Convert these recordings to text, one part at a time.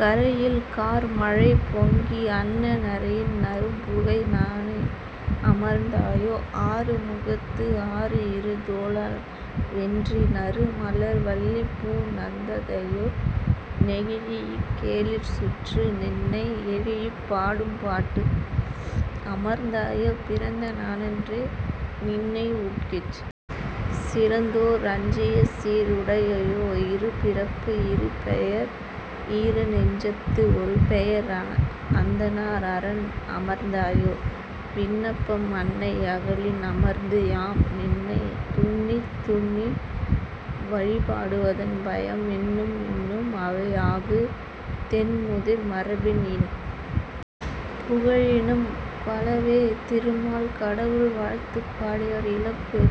கறை இல் கார் மழை பொங்கி அன்ன நறையின் நறும் புகை நனி அமர்ந்தோயே அறு முகத்து ஆறுஇரு தோளால் வென்றி நறு மலர் வள்ளிப் பூ நயந்தோயே கெழீஇக் கேளிர் சுற்ற நின்னை எழீஇப் பாடும் பாட்டு அமர்ந்தோயே பிறந்த ஞான்றே நின்னை உட்கிச் சிறந்தோர் அஞ்சிய சீர் உடையோயே இரு பிறப்பு இரு பெயர் ஈர நெஞ்சத்து ஒரு பெயர் அந்தணர் அறன் அமர்ந்தோயே விண்ணப்பம் அன்னை ஆகலின் அமர்ந்து யாம் நின்னை துன்னித் துன்னி வழிபடுவதன் பயம் இன்னும் இன்னும் அவை ஆகுக தொன் முதிர் மரபின் நின் புகழினும் பலவே திருமால் கடவுள் வாழ்த்து பாடியவர்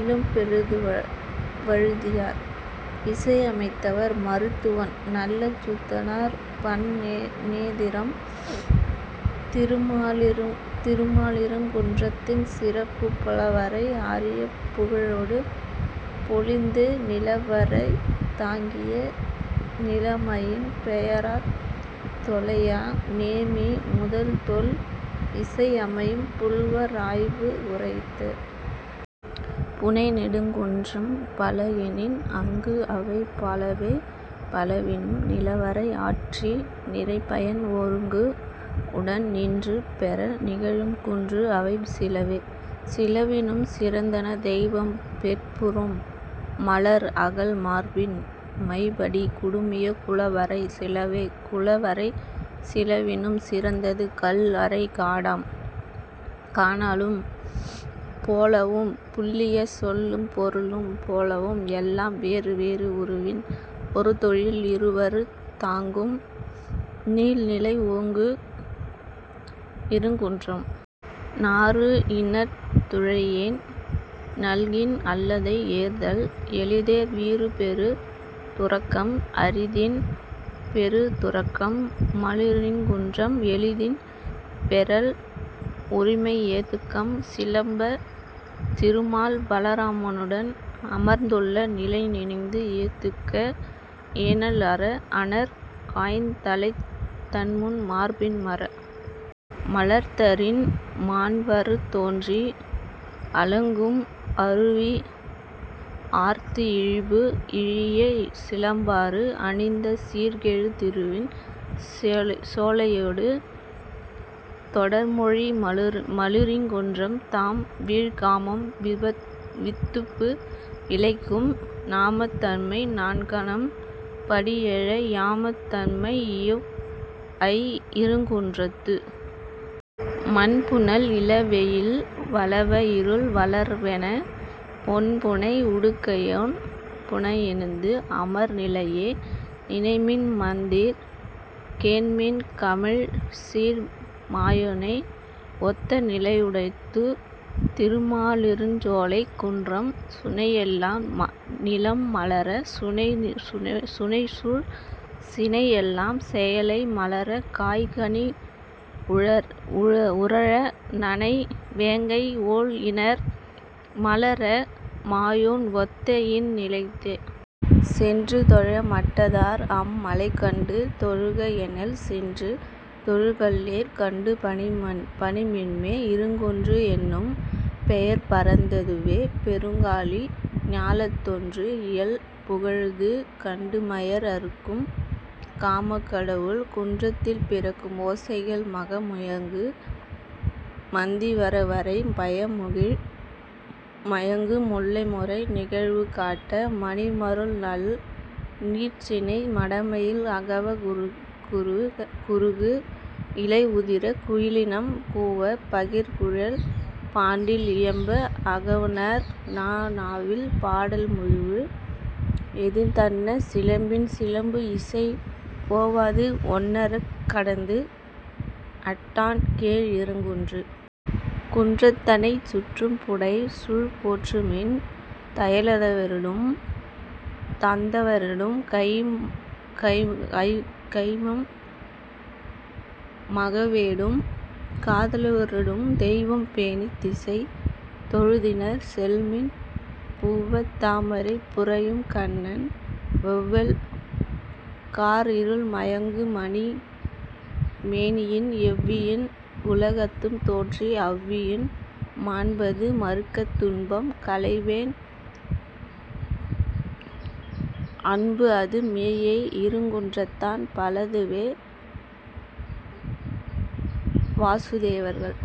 இளம்பெருவழுதியார் இசையமைத்தவர் மருத்துவன் நல்லச்சுதனார் பண் நோதிறம் திருமாலிருங்குன்றத்தின் சிறப்பு புல வரை அறியாப் புகழொடு பொலிந்து, நில வரைத் தாங்கிய நிலைமையின் பெயராத் தொலையா நேமி முதல் தொல் இசை அமையும் புலவர் ஆய்பு உரைத்த புனை நெடுங் குன்றம் பல எனின், ஆங்கு அவை பலவே: பலவினும், நிலவரை ஆற்றி, நிறை பயன் ஒருங்கு உடன் நின்று பெற நிகழும் குன்று அவை சிலவே: சிலவினும் சிறந்தன, தெய்வம் பெட்புறும் மலர் அகல் மார்பின் மை படி குடுமிய குல வரை சிலவே குல வரை சிலவினும் சிறந்தது கல் அறை கடாம் கானலும் போலவும் புல்லிய சொல்லும் பொருளும் போலவும் எல்லாம் வேறு வேறு உருவின் ஒரு தொழில் இருவர்த் தாங்கும் நீள் நிலை ஓங்கு இருங்குன்றம். நாறு இணர்த் துழாயோன் நல்கின் அல்லதை ஏறுதல் எளிதோ வீறு பெறு துறக்கம்? அரிதின் பெறு துறக்கம் மாலிருங்குன்றம் எளிதின் பெறல் உரிமை ஏத்துகம், சிலம்ப. திருமால் பலராமனுடன் அமர்ந்துள்ள நிலை நினைந்து ஏத்துகா எனல் அரா அணர் கயந் தலைத் தம்முன் மார்பின் மரா மலர்த்தாரின் மாண் வரத் தோன்றி அலங்கும் அருவி ஆர்த்து இமிழ்பு இழிய சிலம்பாறு அணிந்த சீர் கெழு திருவின் சோலையடு தொடர் மொழி மாலிருங்குன்றம் தாம் வீழ் காமம் வித்துபு விளைக்கும் நாமத் தன்மை நன்கனம் படி எழ யாமத் தன்மை இவ் ஐ இருங்குன்றத்து மன் புனல் இள வெயில் வளாவ இருள் வளர்வென பொன் புனை உடுக்கையோன் புணஎந்து அமர் நிலையே நினைமின் மாந்தீர் கேண்மின் கமழ் சீர் மாயோனை ஒத்த நிலையுடைத்து திருமாலிருஞ்சோலைக் குன்றம் சுனையெலாம் நீலம் மலர சுனை சூழ் சினையெலாம் செயலை மலர காய் கனி உறழ நனை வேங்கை ஒள் இணர் மலர மாயோன் ஒத்த இன் நிலைத்தே. சென்று தொழ மாட்டாதார் அம் மலையைக் கண்டு தொழுக எனல் சென்று தொழுகல்லீர் கண்டு பணிமின்மே இருங்குன்று என்னும் பெயர் பரந்ததுவே பெருங் கலி ஞாலத்துத் தொன்று இயல் புகழது கண்டு மயர் அறுக்கும் காமக் கடவுள். குன்றத்தில் பிறக்கும் ஓசைகள் மக முயங்கு மந்தி வரைவரை பாய முகிழ் மயங்கு முல்லை முறை நிகழ்வு காட்ட, மணி மருள் நல் நீர்ச் சினை மடமயில் அகவ குருகு இலை உதிர குயிலினம் கூவ பகர் குழல் பாண்டில் இயம்ப அகவுநர் நா நவில் பாடல் முழவு எதிர்ந்தன்ன சிலம்பின் சிலம்பு இசை ஓவாதுஒன்னார்க் கடந்து அட்டான் கேழ் இருங்குன்று. குன்றத்தானைச் சுற்றம் புடை சூழப் போற்றுமின் தையலவரொடும், தந்தாரவரொடும் கைம் மகவோடும், காதலவரொடும் தெய்வம் பேணித் திசை தொழுதனிர் செல்மின் புவ்வத் தாமரை புரையும் கண்ணன் வௌவல் கார் இருள் மயங்கு மணி மேனியன் எவ்வயின் உலகத்தும் தோன்றி அவ் வயின் மன்பது மறுக்கத் துன்பம் களைவோன் அன்புஅது மேஎய் இருங்குன்றத்தான். பலதேவ வாசுதேவர்கள்